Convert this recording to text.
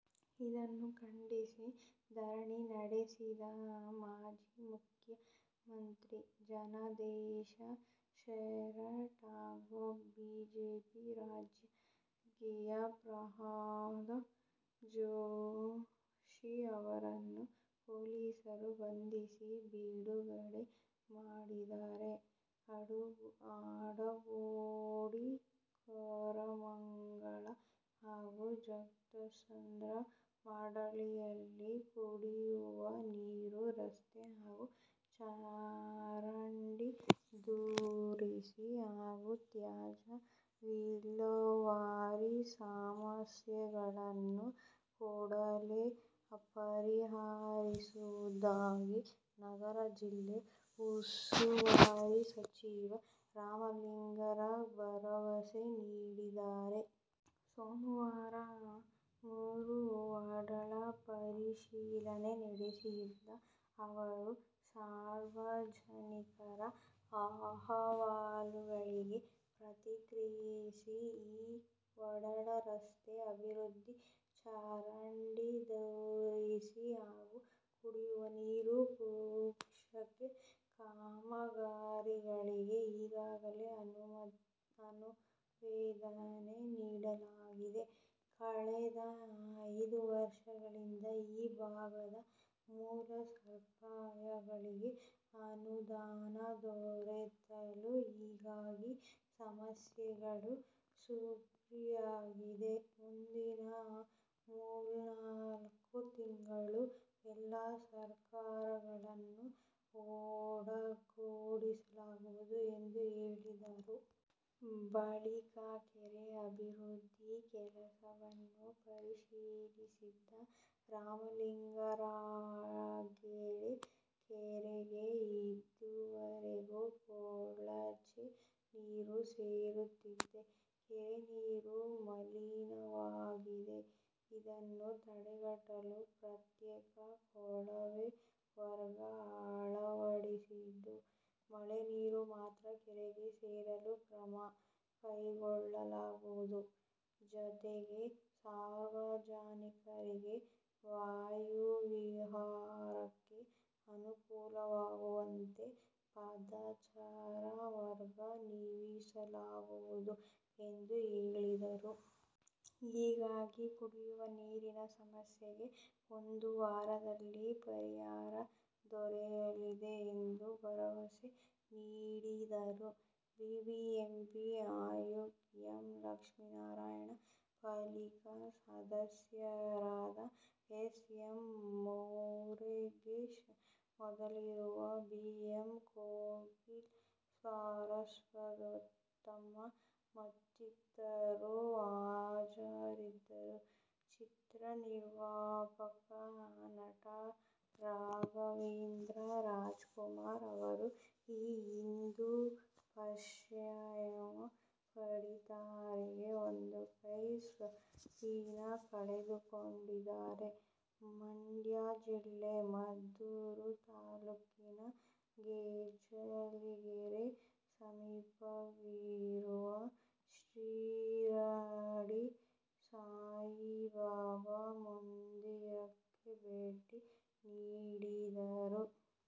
ಇದನ್ನು ಖಂಡಿಸಿ ಧರಣಿ ನಡೆಸಿದ ಮಾಜಿ ಮುಖ್ಯಮಂತ್ರಿ ಜಗದೀಶ ಶೆಟ್ಟರ್ ಹಾಗೂಬಿಜೆಪಿ ರಾಜ್ಯಾಧ್ಯಕ್ಷ ಪ್ರಹ್ಲಾದ ಜೋಶಿ ಅವರನ್ನು ಪೊಲೀಸರು ಬಂಧಿಸಿ ಬಿಡುಗಡೆ ಮಾಡಿದ್ದಾರೆ. ಆಡುಗೋಡಿ, ಕೋರಮಂಗಲ ಹಾಗೂ ಜಕ್ಕಸಂದ್ರ ವಾರ್ಡ್ಗಳಲ್ಲಿನ ಕುಡಿಯುವ ನೀರು, ರಸ್ತೆ ಹಾಗೂ ಚರಂಡಿ ದುರಸ್ತಿ ಹಾಗೂ ತ್ಯಾಜ್ಯ ವಿಲೇವಾರಿ ಸಮಸ್ಯೆಗಳನ್ನು ಕೂಡಲೇ ಪರಿಹರಿಸುವುದಾಗಿ ನಗರ ಜಿಲ್ಲಾ ಉಸ್ತುವಾರಿ ಸಚಿವ ರಾಮಲಿಂಗಾರೆಡ್ಡಿ ಭರವಸೆ ನೀಡಿದ್ದಾರೆ. ಸೋಮವಾರ ಮೂರೂ ವಾರ್ಡ್ಗಳ ಪರಿಶೀಲನೆ ನಡೆಸಿದ ಅವರು, ಸಾರ್ವಜನಿಕರ ಅಹವಾಲುಗಳಿಗೆ ಪ್ರತಿಕ್ರಿಯಿಸಿ, ಈ ವಾರ್ಡ್ಗಳ ರಸ್ತೆ ಅಭಿವೃದ್ಧಿ, ಚರಂಡಿ ದುರಸ್ತಿ ಹಾಗೂ ಕುಡಿಯುವ ನೀರು ಪೂರೈಕೆ ಕಾಮಗಾರಿಗಳಿಗೆ ಈಗಾಗಲೇ ಅನುಮೋದನೆ ನೀಡಲಾಗಿದೆ. ಕಳೆದ ಐದು ವರ್ಷಗಳಿಂದ ಈ ಭಾಗದ ಮೂಲ ಸೌಕರ್ಯಗಳಿಗೆ ಅನುದಾನ ದೊರೆತಿಲ್ಲ. ಹೀಗಾಗಿ, ಸಮಸ್ಯೆಗಳು ಸೃಷ್ಟಿಯಾಗಿದ್ದು ಮುಂದಿನ ಮೂರ್ನಾಲ್ಕು ತಿಂಗಳಲ್ಲಿ ಎಲ್ಲಾ ಸೌಕರ್ಯಗಳನ್ನೂ ಒದಗಿಸಲಾಗುವುದು ಎಂದು ಹೇಳಿದರು. ಬಳಿಕ ಕೆರೆ ಅಭಿವೃದ್ಧಿ ಕೆಲಸವನ್ನು ಪರಿಶೀಲಿಸಿದ ರಾಮಲಿಂಗಾರೆಡ್ಡಿ, ಕೆರೆಗೆ ಇದುವರೆಗೆ ಕೊಳಚೆ ನೀರು ಸೇರುತ್ತಿದ್ದು ಕೆರೆ ನೀರು ಮಲಿನವಾಗಿದೆ. ಇದನ್ನು ತಡೆಗಟ್ಟಲು ಪ್ರತ್ಯೇಕ ಕೊಳವೆ ಮಾರ್ಗ ಅಳವಡಿಸಿದ್ದು, ಮಳೆ ನೀರು ಮಾತ್ರ ಕೆರೆಗೆ ಸೇರಲು ಕ್ರಮ ಕೈಗೊಳ್ಳಲಾಗುವುದು. ಜತೆಗೆ, ಸಾರ್ವಜನಿಕರಿಗೆ ವಾಯುವಿಹಾರಕ್ಕೆ ಅನುಕೂಲವಾಗುವಂತೆ ಪಾದಚಾರಿ ಮಾರ್ಗ ನಿರ್ಮಿಸಲಾಗುವುದು ಎಂದು ಹೇಳಿದರು. ಹೀಗಾಗಿ ಕುಡಿಯುವ ನೀರಿನ ಸಮಸ್ಯೆಗೆ ಒಂದು ವಾರದಲ್ಲಿ ಪರಿಹಾರ ದೊರೆಯಲಿದೆ ಎಂದು ಭರವಸೆ ನೀಡಿದರು. ಬಿಬಿಎಂಪಿ ಆಯುಕ್ತ ಎಂ. ಲಕ್ಷ್ಮೀನಾರಾಯಣ, ಪಾಲಿಕೆ ಸದಸ್ಯರಾದ S. M. Murugesh Mudaliar, B. N. Kokila, Saraswathamma ಮತ್ತಿತರರು ಹಾಜರಿದ್ದರು. ಚಿತ್ರ ನಿರ್ಮಾಪಕ, ನಟ ರಾಘವೇಂದ್ರ ರಾಜ್ಕುಮಾರ್ ಅವರು ಈ ಹಿಂದೆ ಪಾರ್ಶ್ವವಾಯು ಪೀಡಿತರಾಗಿ ಒಂದು ಕೈಯ ಸ್ವಾಧೀನ ಕಳೆದುಕೊಂಡಿದ್ದಾಗ ಮಂಡ್ಯ ಜಿಲ್ಲೆ ಮದ್ದೂರು ತಾಲೂಕಿನ ಗೆಜ್ಜಲಗೆರೆ ಸಮೀಪವಿರುವ ಶಿರಡಿ ಸಾಯಿಬಾಬಾ ಮಂದಿರಕ್ಕೆ ಭೇಟಿ ನೀಡಿದ್ದರು.